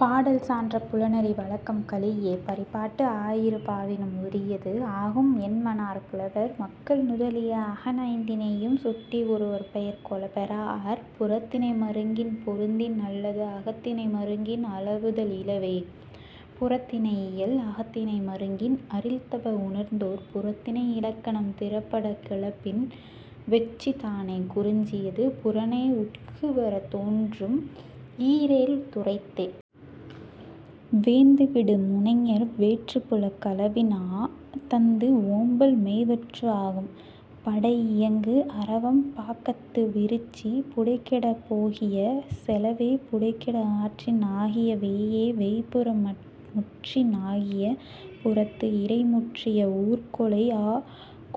பாடல் சான்ற புலனெறி வழக்கம் கலியே பரிபாட்டு ஆயிரு பாவினும் உரியது ஆகும் என்மனார் புலவர். மக்கள் நுதலிய அகன் ஐந்திணையும் சுட்டி ஒருவர்ப் பெயர் கொளப் பெறாஅர். புறத்திணை மருங்கின் பொருந்தின் அல்லது அகத்திணை மருங்கின் அளவுதல் இலவே.. புறத்திணையியல் அகத்திணை மருங்கின் அரில் தப உணர்ந்தோர் புறத்திணை இலக்கணம் திறப்படக் கிளப்பின் வெட்சிதானே குறிஞ்சியது புறனே உட்கு வரத் தோன்றும் ஈர் ஏழ் துறைத்தே. வேந்து விடு முனைஞர் வேற்றுப் புலக் களவின் ஆ தந்து ஓம்பல் மேவற்று ஆகும். படை இயங்கு அரவம் பாக்கத்து விரிச்சி புடை கெடப் போகிய செலவே புடை கெட ஆற்றின் ஆகிய வேயே வேய்ப்புறம் முற்றின் ஆகிய புறத்து இறை முற்றிய ஊர் கொலை ஆ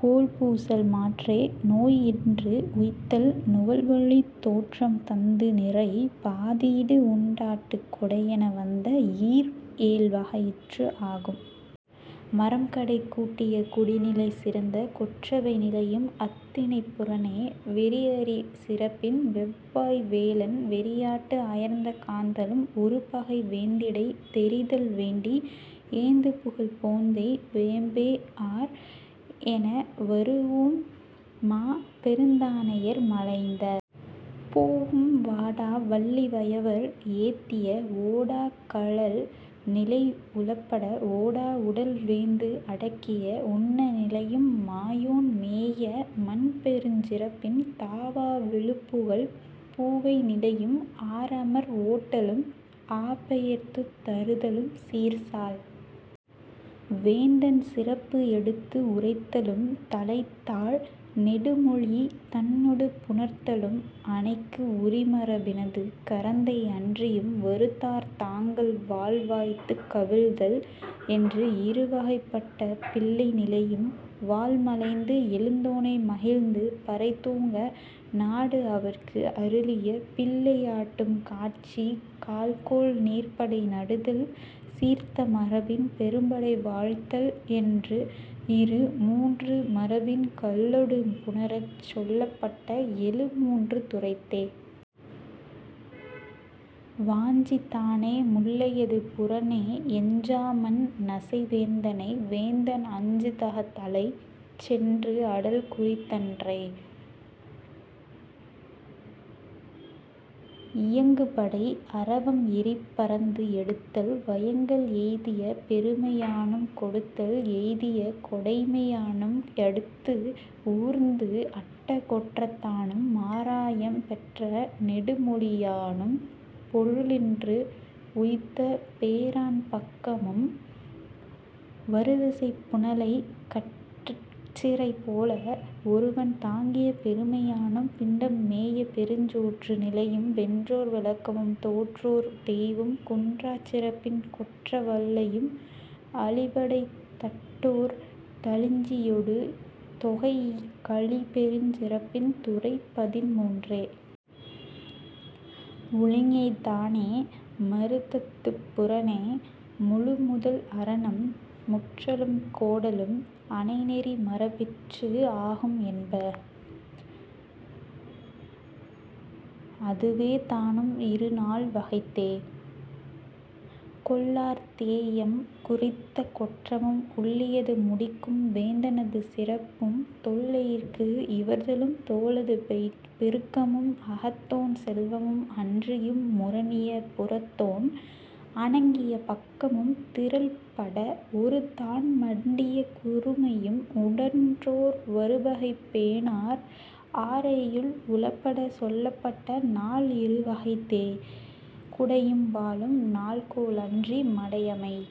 கோள் பூசல் மாற்றே நோய் இன்று உய்த்தல் நுவல்வழித் தோற்றம் தந்து நிறை பாதீடு உண்டாட்டு கொடை என வந்த ஈர் ஏழ் வகையிற்று ஆகும். மறம் கடைக்கூட்டிய குடிநிலை சிறந்த கொற்றவை நிலையும் அத் திணைப் புறனே. வெறி அறி சிறப்பின் வெவ் வாய் வேலன் வெறியாட்டு அயர்ந்த காந்தளும் உறு பகை வேந்திடை தெரிதல் வேண்டி ஏந்து புகழ் போந்தை வேம்பே ஆர் என வரூஉம் மா பெருந்தானையர் மலைந்த பூவும் வாடா வள்ளி வயவர் ஏத்திய ஓடாக் கழல் நிலை உளப்பட ஓடா உடல் வேந்து அடுக்கிய உன்ன நிலையும் மாயோன் மேய மன் பெருஞ் சிறப்பின் தாவா விழுப் புகழ்ப் பூவை நிலையும் ஆர் அமர் ஓட்டலும் ஆ பெயர்த்துத் தருதலும் சீர் சால் வேந்தன் சிறப்பு எடுத்து உரைத்தலும் தலைத் தாள் நெடுமொழி தன்னொடு புணர்த்தலும் அனைக்கு உரி மரபினது கரந்தை அன்றியும் வரு தார் தாங்கல் வாள் வாய்த்துக் கவிழ்தல் என்று இரு வகைப் பட்ட பிள்ளை நிலையும் வாள் மலைந்து எழுந்தோனை மகிழ்ந்து பறை தூங்க நாடு அவற்கு அருளிய பிள்ளையாட்டும் காட்சி கால்கோள் நீர்ப்படை நடுதல் சீர்த்த மரபின் பெரும்படை வாழ்த்தல் என்று இரு மூன்று மரபின் கல்லொடு புணரச் சொல்லப்பட்ட எழு மூன்று துறைத்தே. வாஞ்சிதானே முல்லையது புறனே எஞ்சா மண் நசை வேந்தனை வேந்தன் அஞ்சு தகத் தலைச் சென்று அடல் குறித்தன்றே. இயங்கு படை அரவம் எரி பரந்து எடுத்தல் வயங்கல் எய்திய பெருமையானும் கொடுத்தல் எய்திய கொடைமையானும் அடுத்து ஊர்ந்து அட்ட கொற்றத்தானும் மாராயம் பெற்ற நெடுமொழியானும் பொருளின்று உய்த்த பேராண் பக்கமும் வரு விசைப் புனலைக் கற் சிறை போல ஒருவன் தாங்கிய பெருமையானும் பிண்டம் மேய பெருஞ்சோற்று நிலையும் வென்றோர் விளக்கமும் தோற்றோர் தேய்வும் குன்றாச் சிறப்பின் கொற்ற வள்ளையும் அழி படை தட்டோ ர் தழிஞ்சியொடு தொகைஇ கழி பெருஞ் சிறப்பின் துறை பதின்மூன்றே. உழிஞைதானே மருதத்துப் புறனே முழு முதல் அரணம் முற்றலும் கோடலும் அனை நெறி மரபிற்று ஆகும் என்ப. அதுவேதானும் இரு நால் வகைத்தே. கொள்ளார் தேஎம் குறித்த கொற்றமும் உள்ளியது முடிக்கும் வேந்தனது சிறப்பும் தொல் எயிற்கு இவர்தலும் தோலது பெருக்கமும் அகத்தோன் செல்வமும் அன்றியும் முரணிய புறத்தோன் அணங்கிய பக்கமும் திறல் பட ஒரு தான் மண்டிய குறுமையும் உடன்றோர் வரு பகை பேணார் ஆர் எயில் உளப்பட சொல்லப்பட்ட நால் இரு வகைத்தே. குடையும் வாளும் நாள்கோள் அன்றி மடை அமை